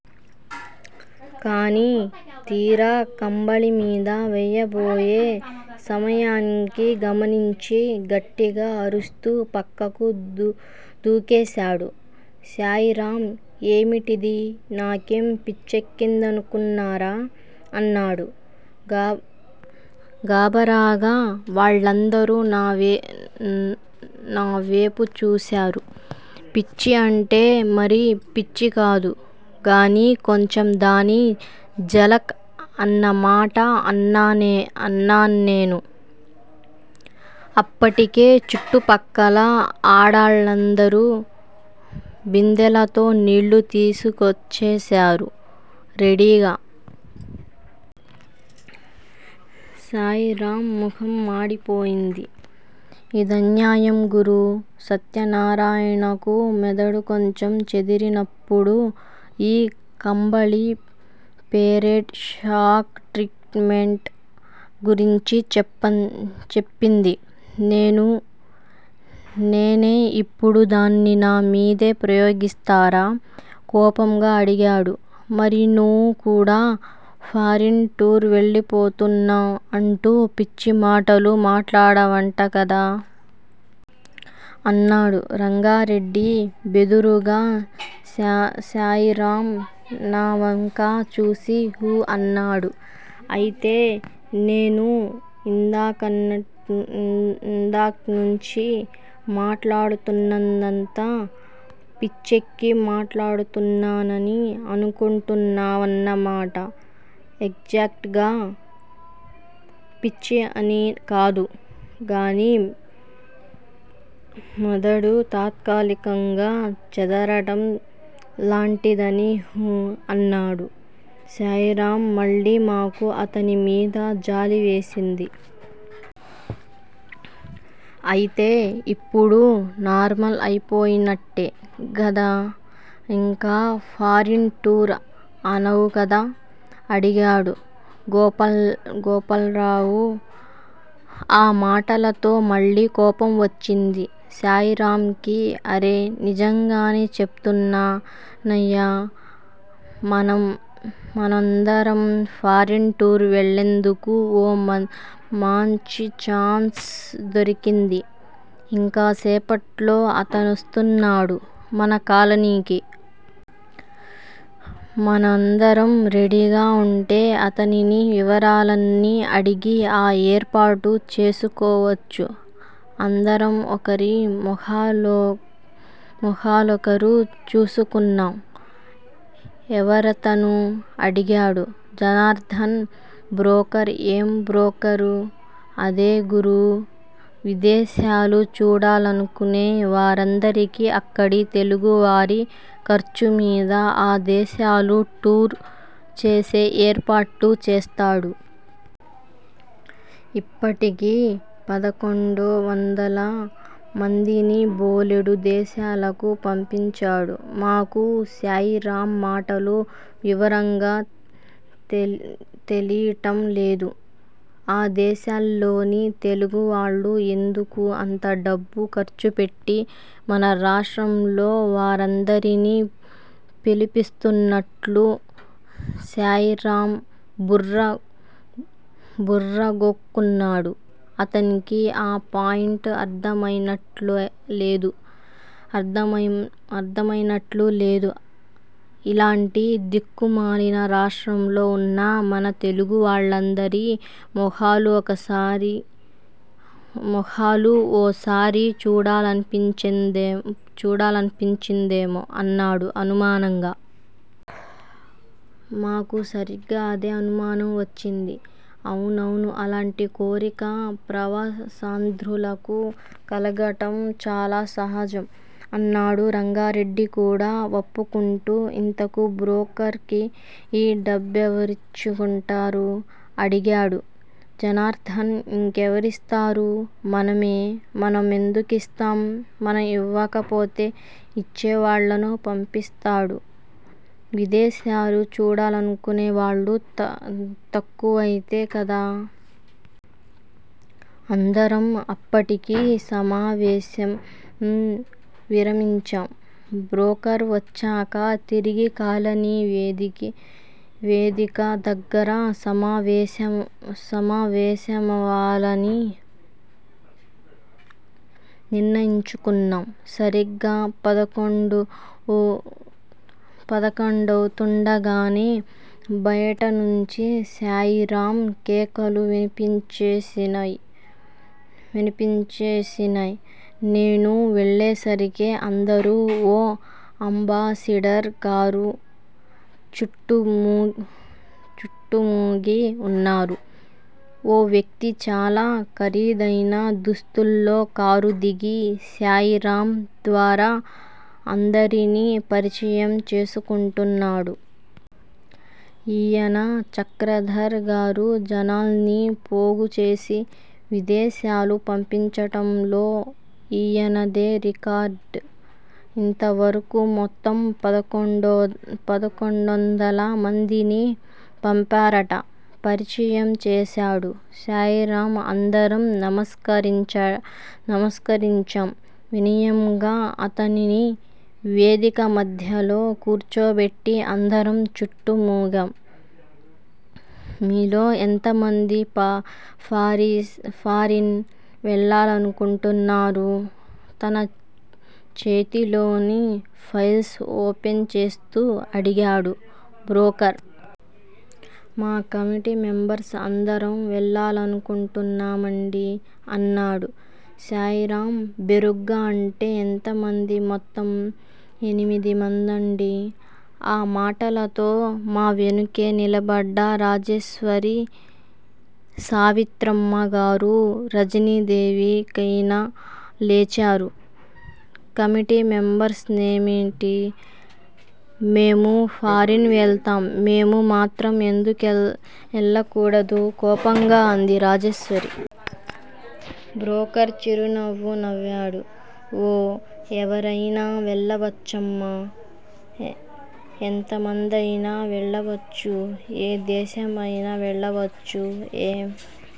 కానీ తీరా కంబళి మీద వేయబోయే సమయానికి గమనించి గట్టిగా అరుస్తూ పక్కకు దూకేశాడు శాయిరామ్. ఏమిటిది? నాకేం పిచ్చెక్కిందనుకున్నారా? అన్నాడు గాబరాగా. వాళ్ళందరూ నావేపు చూశారు. పిచ్చి అంటే మరీ పిచ్చికాదు గానీ, కొంచెం దాని జలక్ అన్నమాట! అన్నాన్నేను. అప్పటికే చుట్టుపక్కల ఆడాళ్ళందరూ బిందెలతో నీళ్ళు తీసుకొచ్చేశారు రెడీగా. శాయిరామ్ మొఖం మాడిపోయింది. ఇదన్యాయం గురూ! సత్యన్నారాయణకు మెదడు కొంచెం చెదిరినప్పుడు ఈ కంబళి పెరేడ్ షాక్ ట్రీట్ మెంట్ గురించి చెప్పింది నేనే! ఇప్పుడు దాన్ని నా మీదే ప్రయోగిస్తారా? కోపంగా అడిగాడు. మరి నువ్ కూడా ఫారిన్ టూర్ వెళ్ళిపోతున్నాం అంటూ పిచ్చి మాటలు మాట్లాడావంట కదా? అన్నాడు రంగారెడ్డి బెదురుగా. శాయిరామ్ నావంక చూసి హు! అన్నాడు. అయితే నేను ఇందాకట్నుంచీ మాట్లాడుతున్నదంతా పిచ్చెక్కి మాట్లాడుతున్నానని అనుకుంటున్నావన్నమాట ఎగ్జాట్ గా పిచ్చి అని కాదు గానీ మెదడు తాత్కాలికంగా చెదరటం లాంటిదని హు! అన్నాడు శాయిరామ్ మళ్ళీ. మాకు అతని మీద జాలివేసింది. అయితే ఇప్పుడు నార్మల్ అయిపోయినట్లే గదా! ఇంక 'ఫారిన్ టూర్' అనవు కదా! అడిగాడు గోపాల్రావ్. ఆ మాటతో మళ్ళీ కోపం వచ్చింది శాయిరామ్ కి. అరె! నిజంగానే చెప్తున్నా నయ్యా! మనందరం ఫారిన్ టూర్ వెళ్ళేందుకు ఓ మాంచి ఛాన్స్ దొరికింది. ఇంకాసేపట్లో అతనొస్తున్నాడు మన కాలనీకి! మనందరం రెడీగా ఉంటే అతనిని వివరాలన్నీ అడిగి ఆ ఏర్పాటు చేసుకోవచ్చు. అందరం ఒకరి మొఖాలొకరు చూసుకున్నాం. ఎవరతను? అడిగాడు జనార్ధన్. బ్రోకర్ ఏం బ్రోకరు? అదే గురూ! విదేశాలు చూడాలనుకునే వారందరికీ అక్కడి తెలుగువారి ఖర్చుమీద ఆ దేశాలు టూర్ చేసే ఏర్పాట్లు చేస్తాడు. ఇప్పటికి పదకొండు వందల మందిని బోలెడు దేశాలకు పంపించాడు. మాకు శాయిరామ్ మాటలు వివరంగా తెలీటం లేదు. ఆ దేశాల్లోని తెలుగువాళ్లు ఎందుకు అంత డబ్బు ఖర్చుపెట్టి మన రాష్ట్రంలో వారందరినీ పిలిపిస్తున్నట్లు? శాయిరామ్ బుర్ర గోక్కున్నాడు. అతనికి ఆ పాయింట్ అర్ధమయినట్లులేదు. ఇలాంటి దిక్కుమాలిన రాష్ట్రంలో ఉన్న మన తెలుగువాళ్ళందరి మొఖాలు ఓసారి చూడాలనిపించిందేమో అన్నాడు అనుమానంగా. మాకూ సరిగ్గా అదే అనుమానం వచ్చింది. అవునవును! ఇలాంటి కోరిక ప్రవాసాంధ్రులకు కలగటం చాలా సహజం అన్నాడు రంగారెడ్డి కూడా వప్పుకుంటూ. ఇంతకూ బ్రోకర్ కి డబ్బెవరిచ్చు కుంటారు? అడిగాడు జనార్ధన్. ఇంకెవరిస్తారు? మనమే! మన మెందుకిస్తాం? మనం ఇవ్వకపోతే ఇచ్చేవాళ్ళను పంపిస్తాడు. విదేశాలు చూడాలనుకునే వాళ్ళు తక్కువయితే కదా! అందరం అప్పటికి సమావేశం విరమించాం. బ్రోకర్ వచ్చాక తిరిగి కాలనీ వేదిక దగ్గర సమావేశమవాలని నిర్ణయించుకున్నాం. సరిగ్గా పదకొండవుతూండగానే బయటనుంచి శాయిరామ్ కేకలు వినిపించేసినయ్. నేను వెళ్ళేసరికే అందరూ ఓ అంబాసిడర్ కారు చుట్టూ మూగి ఉన్నారు. ఓ వ్యక్తి చాలా ఖరీదయిన దుస్తుల్లో కారు దిగి శాయిరామ్ ద్వారా అందరినీ పరిచయం చేసుకుంటున్నాడు. ఈయన చక్రధర్ గారు! జనాల్ని పోగుచేసి విదేశాలు పంపించటంలో ఈయనదే రికార్డ్ ఇంతవరకూ మొత్తం పదకొండొందల మందిని పంపారట పరిచయం చేశాడు శాయిరామ్. అందరం నమస్కరించాం వినయంగా. అతనిని వేదిక మధ్యలో కూర్చోబెట్టి అందరం చుట్టూ మూగాం. మీలో ఎంతమంది ఫారిన్ వెళ్ళాలనుకుంటున్నారు? తన చేతిలోని ఫైల్స్ ఓపెన్ చేస్తూ అడిగాడు బ్రోకర్. మా కమిటీ మెంబర్స్ అందరం వెళ్ళాలనుకుంటున్నామండీ అన్నాడు శాయిరామ్ బెరుగ్గా. అంటే ఎంతమంది? మొత్తం ఎనిమిదిమందండీ. ఆ మాటతో మా వెనుకే నిలబడ్డ రాజేశ్వరి, సావిత్రమ్మ గారూ, రజనీదేవి కయ్యిన లేచారు. కమిటీ మెంబర్సేనేమిటి? మేమూ ఫారిన్ వెళ్తాం! మేము మాత్రం ఎందుకెళ్ళకూడదు? కోపంగా అంది రాజేశ్వరి. బ్రోకర్ చిరునవ్వు నవ్వాడు. ఓ ఎవరయినా వెళ్ళవచ్చమ్మా ఎంతమందయినా వెళ్ళవచ్చు! ఏ దేశమయినా వెళ్లవచ్చు! ఏం